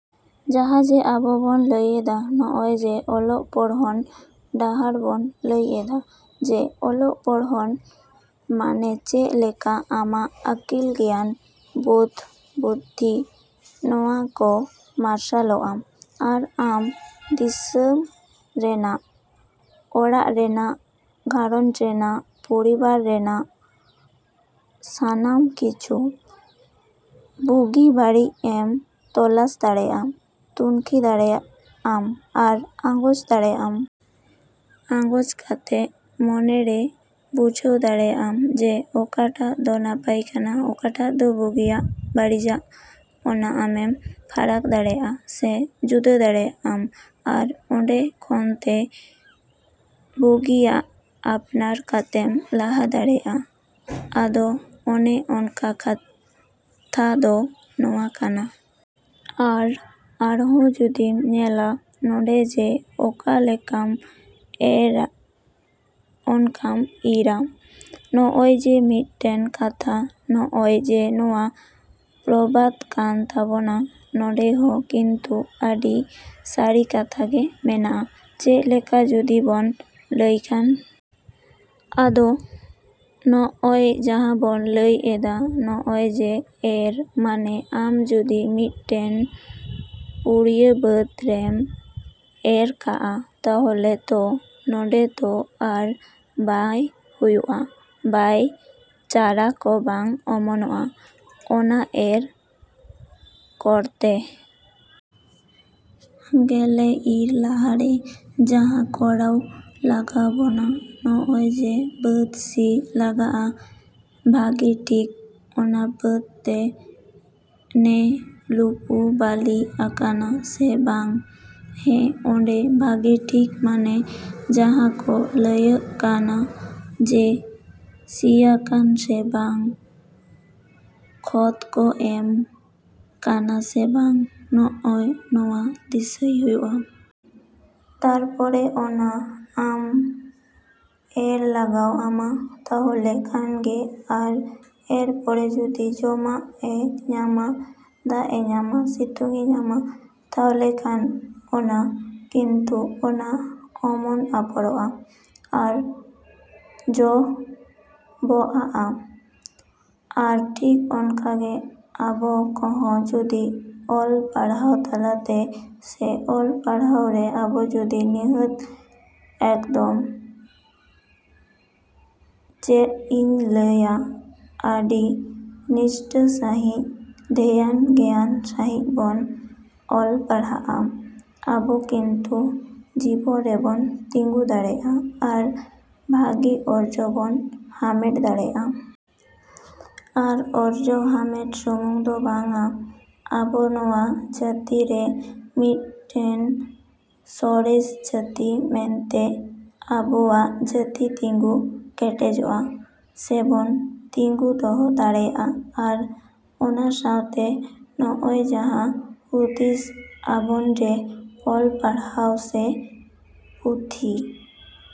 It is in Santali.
ᱡᱟᱦᱟᱸ ᱡᱮ ᱟᱵᱚ ᱵᱚᱱ ᱞᱟᱹᱭᱫᱟ, ᱱᱚᱜᱼᱚᱭ ᱡᱮ ᱚᱞᱚᱜ ᱯᱚᱲᱦᱚᱱ ᱰᱟᱦᱟᱨ ᱵᱚᱱ ᱞᱟᱹᱭ ᱮᱫᱟ ᱡᱮ ᱚᱞᱚᱜ ᱯᱚᱲᱦᱚᱱ ᱢᱟᱱᱮ ᱪᱮᱫ ᱞᱮᱠᱟ ᱟᱢᱟᱜ ᱟᱹᱠᱤᱞ ᱜᱮᱭᱟᱱ ᱵᱳᱫᱷ ᱵᱩᱫᱽᱫᱷᱤ, ᱱᱚᱣᱟᱠᱚ ᱢᱟᱨᱥᱟᱞᱚᱜᱼᱟ᱾ ᱟᱨ ᱟᱢ ᱫᱤᱥᱚᱢ ᱨᱮᱱᱟᱜ, ᱚᱲᱟᱜ ᱨᱮᱱᱟᱜ, ᱜᱷᱟᱨᱚᱸᱡᱽ ᱨᱮᱱᱟᱜ, ᱯᱚᱨᱤᱵᱟᱨ ᱨᱮᱱᱟᱜ ᱥᱟᱱᱟᱢ ᱠᱤᱪᱷᱩ ᱵᱩᱜᱤ ᱵᱟᱹᱲᱤᱡ ᱮᱢ ᱛᱚᱞᱟᱥ ᱫᱟᱲᱮᱭᱟᱜᱼᱟ, ᱛᱩᱱᱠᱷᱤ ᱫᱟᱲᱮᱭᱟᱜ ᱟᱢ ᱟᱨ ᱟᱸᱜᱚᱪ ᱫᱟᱲᱮᱭᱟᱜᱼᱟᱢ᱾ ᱟᱸᱜᱚᱪ ᱠᱟᱛᱮᱫ ᱢᱚᱱᱨᱮᱢ ᱵᱩᱡᱷᱟᱹᱣ ᱫᱟᱲᱮᱭᱟᱜᱼᱟ ᱡᱮ ᱚᱠᱟᱴᱟᱜ ᱫᱚ ᱱᱟᱯᱟᱭ ᱠᱟᱱᱟ, ᱚᱠᱟᱴᱟᱜ ᱫᱚ ᱵᱩᱜᱤᱭᱟᱜ ᱵᱟᱹᱲᱤᱡᱟᱜ ᱚᱱᱟ ᱟᱢᱮᱢ ᱯᱷᱟᱨᱟᱠ ᱫᱟᱲᱮᱭᱟᱜᱼᱟ ᱥᱮᱢ ᱡᱩᱫᱟᱹ ᱫᱟᱲᱮᱭᱟᱜ ᱟᱢ ᱟᱨ ᱚᱸᱰᱮ ᱠᱷᱚᱱᱛᱮ ᱵᱷᱟᱹᱜᱤᱭᱟᱜ ᱟᱯᱱᱟᱨ ᱠᱟᱛᱮᱢ ᱞᱟᱦᱟ ᱫᱟᱲᱮᱭᱟᱜᱼᱟ᱾ ᱟᱫᱚ ᱚᱱᱮ ᱚᱱᱠᱟ ᱠᱟᱛᱷᱟ ᱫᱚ ᱱᱚᱣᱟ ᱠᱟᱱᱟ᱾ ᱟᱨ ᱟᱨᱦᱚᱸ ᱡᱩᱫᱤᱢ ᱧᱮᱞᱟ ᱱᱚᱸᱰᱮ ᱡᱮ ᱚᱠᱟ ᱞᱮᱠᱟᱢ ᱮᱨᱟ ᱚᱱᱠᱟᱢ ᱤᱨᱟ᱾ ᱱᱚᱜᱼᱚᱭ ᱡᱮ ᱢᱤᱫᱴᱟᱱ ᱠᱟᱛᱷᱟ ᱱᱚᱜᱼᱚᱭ ᱡᱮ ᱱᱚᱣᱟ ᱯᱨᱚᱵᱟᱫ ᱠᱟᱱ ᱛᱟᱵᱳᱱᱟ, ᱱᱚᱸᱰᱮ ᱦᱚᱸ ᱠᱤᱱᱛᱩ ᱟᱹᱰᱤ ᱥᱟᱹᱨᱤ ᱠᱟᱛᱷᱟ ᱜᱮ ᱢᱮᱱᱟᱜᱼᱟ᱾ ᱪᱮᱫ ᱞᱮᱠᱟ ᱡᱩᱫᱤ ᱵᱚᱱ ᱞᱟᱹᱭᱠᱷᱟᱱ? ᱟᱫᱚ ᱱᱚᱜᱼᱚᱭ ᱡᱟᱦᱟᱸ ᱵᱚᱱ ᱞᱟᱹᱭ ᱮᱫᱟ ᱱᱚᱜᱼᱚᱭ ᱡᱮ ᱮᱨ ᱢᱟᱱᱮ ᱟᱢ ᱡᱩᱫᱤ ᱢᱤᱫᱴᱤᱱ ᱯᱩᱲᱭᱟᱹ ᱵᱟᱹᱫᱽ ᱨᱮᱢ ᱮᱨ ᱠᱟᱜᱼᱟ, ᱛᱟᱦᱚᱞᱮ ᱛᱚ ᱚᱸᱰᱮ ᱛᱚ ᱟᱨ ᱵᱟᱭ ᱦᱩᱭᱩᱜᱼᱟ, ᱵᱟᱭ ᱪᱟᱨᱟ ᱠᱚ ᱵᱟᱝ ᱚᱢᱚᱱᱚᱜᱼᱟ᱾ ᱚᱱᱟ ᱮᱨ ᱠᱚᱨᱛᱮ ᱜᱮᱞᱮ ᱮᱨ ᱞᱟᱦᱟᱨᱮ ᱡᱟᱦᱟᱸ ᱠᱚᱨᱟᱣ ᱞᱟᱜᱟᱣᱵᱚᱱᱟ, ᱱᱜᱼᱚᱭ ᱡᱮ ᱵᱟᱹᱫᱽ ᱥᱤ ᱞᱟᱜᱟᱜᱼᱟ ᱵᱷᱟᱹᱜᱮ ᱴᱷᱤᱠ, ᱚᱱᱟ ᱵᱟᱹᱫ ᱛᱮ ᱱᱮ ᱞᱩᱯᱩ ᱵᱟᱹᱞᱤ ᱟᱠᱟᱱᱟ ᱥᱮ ᱵᱟᱝᱟ, ᱦᱮᱸ ᱚᱸᱰᱮ ᱵᱷᱟᱹᱜᱤ ᱴᱷᱤᱠ ᱢᱟᱱᱮ ᱡᱟᱦᱟᱸ ᱠᱚ ᱞᱟᱹᱭᱟᱜ ᱠᱟᱱᱟ ᱡᱮ ᱥᱤᱭᱟᱠᱟᱱᱟ ᱥᱮ ᱵᱟᱝ, ᱠᱷᱚᱛ ᱠᱚ ᱮᱢ ᱠᱟᱱᱟ ᱥᱮ ᱵᱟᱝ, ᱱᱚᱜᱼᱚ ᱱᱚᱣᱟ ᱫᱤᱥᱟᱹᱭ ᱦᱩᱭᱩᱜᱼᱟ᱾ ᱛᱟᱨᱯᱚᱨᱮ ᱚᱱᱟ ᱟᱢ ᱮᱨ ᱞᱟᱜᱟᱣ ᱟᱢᱟ, ᱛᱟᱦᱚᱞᱮ ᱠᱷᱟᱱᱜᱮ ᱟᱨ ᱮᱨ ᱯᱚᱨ ᱡᱩᱫᱤ ᱡᱚᱢᱟᱜ ᱮ ᱧᱟᱢᱟ, ᱫᱟᱜ ᱮ ᱧᱟᱢᱟ, ᱥᱤᱛᱩᱝ ᱮ ᱧᱟᱢᱟ, ᱛᱟᱦᱚᱞᱮᱠᱷᱟᱱ ᱚᱱᱟ ᱠᱤᱱᱛᱩ ᱚᱱᱟ ᱚᱢᱚᱱ ᱟᱯᱷᱚᱨᱚᱜᱼᱟ᱾ ᱟᱨ ᱡᱚᱵᱟᱵᱚᱜᱼᱟ ᱟᱨ ᱴᱷᱤᱠ ᱚᱱᱠᱟᱜᱮ ᱟᱵᱚ ᱠᱚᱦᱚᱸ ᱡᱩᱫᱤ ᱚᱞ ᱯᱟᱲᱦᱟᱣ ᱛᱟᱞᱟᱛᱮ ᱥᱮ ᱚᱞ ᱯᱟᱲᱦᱟᱣ ᱨᱮ ᱟᱵᱚ ᱡᱩᱫᱤ ᱱᱤᱦᱟᱹᱛ ᱮᱠᱫᱚᱢ ᱪᱮᱫ ᱤᱧ ᱞᱟᱹᱭᱟ ᱟᱹᱰᱤ ᱱᱤᱥᱴᱷᱟᱹ ᱥᱟᱺᱦᱤᱡ, ᱫᱷᱮᱭᱟᱱ ᱜᱮᱭᱟᱱ ᱥᱟᱺᱦᱤᱡ ᱵᱚᱱ ᱚᱞ ᱯᱟᱲᱦᱟᱜᱼᱟ, ᱟᱵᱚ ᱠᱤᱱᱛᱩ ᱡᱤᱵᱚᱱ ᱨᱮᱵᱚᱱ ᱛᱤᱸᱜᱩ ᱫᱟᱲᱮᱭᱟᱜᱼᱟ ᱟᱨ ᱵᱷᱟᱹᱜᱤ ᱚᱨᱡᱚ ᱵᱚᱱ ᱦᱟᱢᱮᱴ ᱫᱟᱲᱮᱭᱟᱜᱼᱟ᱾ ᱟᱨ ᱚᱨᱡᱚ ᱦᱟᱢᱮᱴ ᱥᱩᱢᱩᱝ ᱫᱚ ᱵᱟᱝᱟ, ᱟᱵᱚ ᱱᱚᱣᱟ ᱡᱟᱹᱛᱤᱨᱮ ᱢᱤᱫᱴᱤᱱ ᱥᱚᱨᱮᱥ ᱡᱟᱹᱛᱤ ᱢᱮᱱᱛᱮ ᱟᱵᱚᱣᱟᱜ ᱡᱟᱹᱛᱤ ᱛᱤᱸᱜᱩ ᱠᱮᱴᱮᱡᱚᱜᱼᱟ ᱥᱮᱵᱚᱱ ᱛᱤᱸᱜᱩ ᱫᱚᱦᱚ ᱫᱟᱲᱮᱭᱟᱜᱼᱟ᱾ ᱟᱨ ᱚᱱᱟ ᱥᱟᱶᱛᱮ ᱱᱚᱜᱼᱚᱭ ᱡᱟᱦᱟᱸ ᱦᱩᱫᱤᱥ ᱟᱵᱚᱱ ᱡᱮ ᱚᱞ ᱯᱟᱲᱦᱟᱣ ᱥᱮ ᱯᱩᱛᱷᱤ᱾